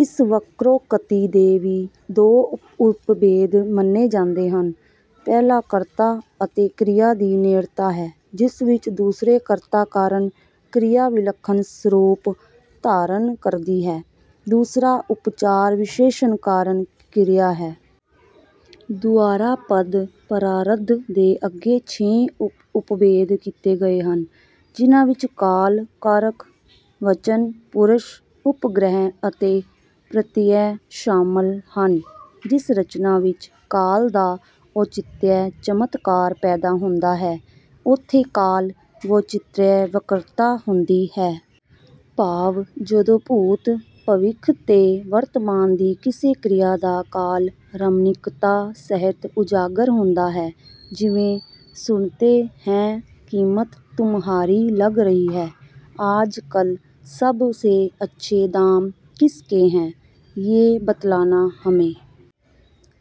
ਇਸ ਵਕ੍ਰੋਕਤੀ ਦੇ ਵੀ ਦੋ ਉਪਭੇਦ ਮੰਨੇ ਜਾਂਦੇ ਹਨ। ਪਹਿਲਾ ਕਰਤਾ ਅਤੇ ਕ੍ਰਿਆ ਦੀ ਨੇੜਤਾ ਹੈ ਜਿਸ ਵਿੱਚ ਦੂਸਰੇ ਕਰਤਾ ਕਾਰਨ ਕ੍ਰਿਆ ਵਿਲੱਖਣ ਸਰੂਪ ਧਾਰਨ ਕਰਦੀ ਹੈ। ਦੂਸਰਾ ਉਪਚਾਰ ਵਿਸ਼ੇਸ਼ਣ ਕਾਰਨ ਕਿਰਿਆ ਹੈ। ਦੁਆਰਾ ਪਦ-ਪਰਾਰਧ ਦੇ ਅੱਗੇ ਛੇ ਉਪਭੇਦ ਕੀਤੇ ਗਏ ਹਨ ਜਿਨ੍ਹਾਂ ਵਿੱਚ ਕਾਲ, ਕਾਰਕ, ਵਚਨ, ਪੁਰਸ਼, ਉਪਗ੍ਰਹ ਅਤੇ ਪ੍ਰਤਿਅਯ ਸ਼ਾਮਲ ਹਨ। ਜਿਸ ਰਚਨਾ ਵਿੱਚ ਕਾਲ ਦਾ ਔਚਿਤਯ ਚਮਤਕਾਰ ਪੈਦਾ ਹੁੰਦਾ ਹੈ ਉੱਥੇ ਕਾਲ ਵੈਚਿਤ੍ਰਯ ਵਕ੍ਰਤਾ ਹੁੰਦੀ ਹੈ। ਭਾਵ ਜਦੋਂ ਭੂਤ, ਭਵਿੱਖ ਤੇ ਵਰਤਮਾਨ ਦੀ ਕਿਸੇ ਕ੍ਰਿਆ ਦਾ ਕਾਲ ਰਮਣੀਕਤਾ ਸਹਿਤ ਉਜਾਗਰ ਹੁੰਦਾ ਹੈ। ਜਿਵੇਂ "ਸੁਨਤੇ ਹੈਂ ਕੀਮਤ ਤੁਮਹਾਰੀ ਲੱਗ ਰਹੀ ਹੈ ਆਜ-ਕਲ, ਸਬ ਸੇ ਅੱਛੇ ਦਾਮ ਕਿਸ ਕੇ ਹੈਂ, ਯੇ ਬਤਲਾਨਾ ਹਮੇ"।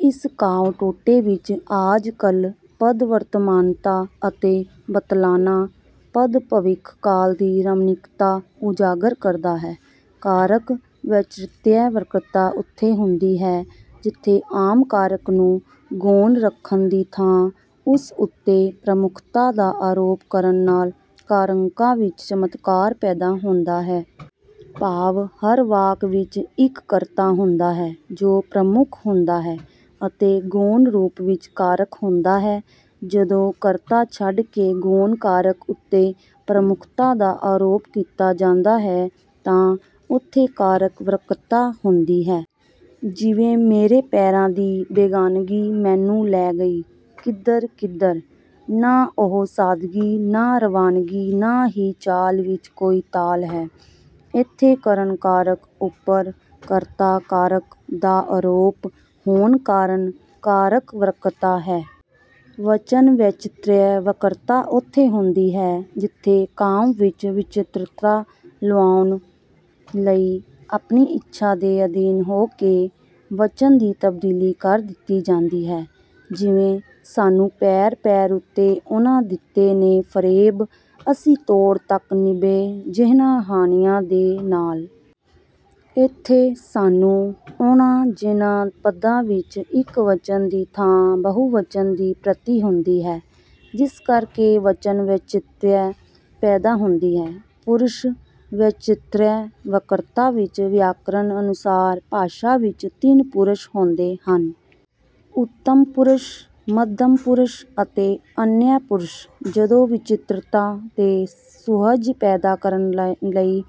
ਇਸ ਕਾਵਿ ਟੋਟੇ ਵਿੱਚ 'ਆਜ-ਕਲ' ਪਦ ਵਰਤਮਾਨਤਾ ਅਤੇ 'ਬਤਲਾਨਾ' ਪਦ ਭਵਿੱਖ ਕਾਲ ਦੀ ਰਮਣੀਕਤਾ ਉਜਾਗਰ ਕਰਦਾ ਹੈ। ਕਾਰਕ ਵੈਚਿਤ੍ਰਯ ਵਕ੍ਰਤਾ ਉੱਥੇ ਹੁੰਦੀ ਹੈ ਜਿੱਥੇ ਆਮ ਕਾਰਕ ਨੂੰ ਗੌਣ ਰੱਖਣ ਦੀ ਥਾਂ ਉਸ ਉੱਤੇ ਪ੍ਰਮੁੱਖਤਾ ਦਾ ਆਰੋਪ ਕਰਨ ਨਾਲ ਕਾਰਕਾਂ ਵਿੱਚ ਚਮਤਕਾਰ ਪੈਦਾ ਹੁੰਦਾ ਹੈ। ਭਾਵ ਹਰ ਵਾਕ ਵਿੱਚ ਇੱਕ ਕਰਤਾ ਹੁੰਦਾ ਹੈ ਜੋ ਪ੍ਰਮੁੱਖ ਹੁੰਦਾ ਹੈ ਅਤੇ ਗੌਣ ਰੂਪ ਵਿੱਚ ਕਾਰਕ ਹੁੰਦਾ ਹੈ। ਜਦੋਂ ਕਰਤਾ ਛੱਡ ਕੇ ਗੌਣ ਕਾਰਕ ਉੱਤੇ ਪ੍ਰਮੁੱਖਤਾ ਦਾ ਆਰੋਪ ਕੀਤਾ ਜਾਂਦਾ ਹੈ ਤਾਂ ਉੱਥੇ ਕਾਰਕ ਵਕ੍ਰਤਾ ਹੁੰਦੀ ਹੈ। ਜਿਵੇਂ "ਮੇਰੇ ਪੈਰਾਂ ਦੀ ਬੇਗਾਨਗੀ ਮੈਨੂੰ ਲੈ ਗਈ ਕਿੱਧਰ-ਕਿੱਧਰ। ਨਾ ਉਹ ਸਾਦਗੀ ਨਾ ਰਵਾਨਗੀ ਨਾ ਹੀ ਚਾਲ ਵਿੱਚ ਕੋਈ ਤਾਲ ਹੈ"। ਇੱਥੇ 'ਕਰਨ ਕਾਰਕ' ਉੱਪਰ 'ਕਰਤਾ ਕਾਰਕ' ਦਾ ਆਰੋਪ ਹੋਣ ਕਾਰਨ 'ਕਾਰਕ ਵਕ੍ਰਤਾ' ਹੈ। ਵਚਨ ਵੈਚਿਤ੍ਰਯ ਵਕ੍ਰਤਾ ਉੱਥੇ ਹੁੰਦੀ ਹੈ ਜਿੱਥੇ ਕਾਵਿ ਵਿੱਚ ਵਿਚਿਤ੍ਰਤਾ ਲਿਆਉਣ ਲਈ ਆਪਣੀ ਇੱਛਾ ਦੇ ਅਧੀਨ ਹੋ ਕੇ ਵਚਨ ਦੀ ਤਬਦੀਲੀ ਕਰ ਦਿੱਤੀ ਜਾਂਦੀ ਹੈ। ਜਿਵੇਂ "ਸਾਨੂੰ ਪੈਰ-ਪੈਰ ਉਤੇ ਉਨ੍ਹਾਂ ਦਿੱਤੇ ਨੇ ਫਰੇਬ, ਅਸੀਂ ਤੋੜ ਤੱਕ ਨਿਭੇ ਜਿਹਨਾਂ ਹਾਣੀਆਂ ਦੇ ਨਾਲ"। ਇੱਥੇ 'ਸਾਨੂੰ', 'ਉਹਨਾਂ', 'ਜਿਹਨਾਂ' ਪਦਾਂ ਵਿੱਚ ਇਕ ਵਚਨ ਦੀ ਥਾਂ ਬਹੁਵਚਨ ਦੀ ਪ੍ਰਤੀ ਹੁੰਦੀ ਹੈ ਜਿਸ ਕਰਕੇ ਵਚਨ ਵੈਚਿਤ੍ਰਯ ਪੈਦਾ ਹੁੰਦੀ ਹੈ। ਪੁਰਸ਼ ਵੈਚਿਤ੍ਰਯ ਵਕ੍ਰਤਾ ਵਿੱਚ ਵਿਆਕਰਣ ਅਨੁਸਾਰ ਭਾਸ਼ਾ ਵਿੱਚ ਤਿੰਨ ਪੁਰਸ਼ ਹੁੰਦੇ ਹਨ। ਉੱਤਮ ਪੁਰਸ਼, ਮੱਧਮ ਪੁਰਸ਼ ਅਤੇ ਅਨਯ ਪੁਰਸ਼। ਜਦੋਂ ਵਿਚਿਤ੍ਰਤਾ ਤੇ ਸੁਹਜ ਪੈਦਾ ਕਰਨ ਲਈ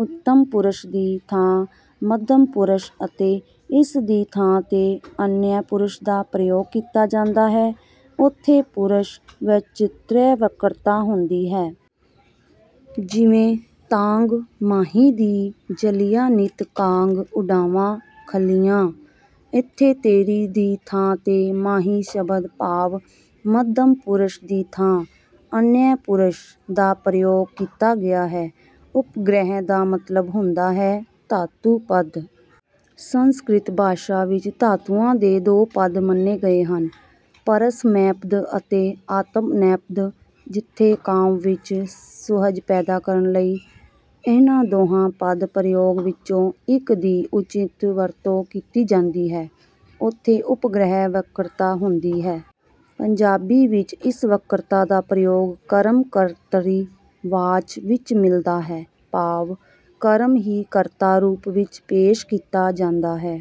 ਉੱਤਮ ਪੁਰਸ਼ ਦੀ ਥਾਂ ਮੱਧਮ ਪੁਰਸ਼ ਅਤੇ ਇਸ ਦੀ ਥਾਂ ਤੇ ਅਨਯ ਪੁਰਸ਼ ਦਾ ਪ੍ਰਯੋਗ ਕੀਤਾ ਜਾਂਦਾ ਹੈ ਉੱਥੇ ਪੁਰਸ਼ ਵੈਚਿਤ੍ਰਯ ਵਕ੍ਰਤਾ ਹੁੰਦੀ ਹੈ। ਜਿਵੇਂ "ਤਾਂਘ ਮਾਹੀ ਦੀ ਜਲੀਆਂ ਨਿੱਤ ਕਾਗ ਉਡਾਵਾਂ ਖਲੀਆਂ"। ਇੱਥੇ 'ਤੇਰੀ' ਦੀ ਥਾਂ ਤੇ 'ਮਾਹੀ' ਸ਼ਬਦ ਭਾਵ ਮੱਧਮ ਪੁਰਸ਼ ਦੀ ਥਾਂ 'ਅਨਯ ਪੁਰਸ਼' ਦਾ ਪ੍ਰਯੋਗ ਕੀਤਾ ਗਿਆ ਹੈ। ਉਪਗ੍ਰਹਿ ਦਾ ਮਤਲਬ ਹੁੰਦਾ ਹੈ ਧਾਤੂ-ਪਦ। ਸੰਸਕ੍ਰਿਤ ਭਾਸ਼ਾ ਵਿੱਚ ਧਾਤੂਆਂ ਦੇ ਦੋ ਪਦ ਮੰਨੇ ਗਏ ਹਨ ਪਰਸਮੈਪਦ ਅਤੇ ਆਤਮਨੇਪਦ। ਜਿੱਥੇ ਕਾਵਿ ਵਿੱਚ ਸੁਹਜ ਪੈਦਾ ਕਰਨ ਲਈ ਇਹਨਾਂ ਦੋਹਾਂ ਪਦ-ਪ੍ਰਯੋਗ ਵਿੱਚੋਂ ਇੱਕ ਦੀ ਉੱਚਿਤ ਵਰਤੋਂ ਕੀਤੀ ਜਾਂਦੀ ਹੈ ਉੱਥੇ ਉਪਗ੍ਰਹਿ ਵਕ੍ਰਤਾ ਹੁੰਦੀ ਹੈ। ਪੰਜਾਬੀ ਵਿੱਚ ਇਸ ਵਕ੍ਰਤਾ ਦਾ ਪ੍ਰਯੋਗ ਕਰਮ-ਕਰਤਰੀ ਵਾਚ ਵਿੱਚ ਮਿਲਦਾ ਹੈ ਭਾਵ ਕਰਮ ਹੀ ਕਰਤਾ ਰੂਪ ਵਿੱਚ ਪੇਸ਼ ਕੀਤਾ ਜਾਂਦਾ ਹੈ।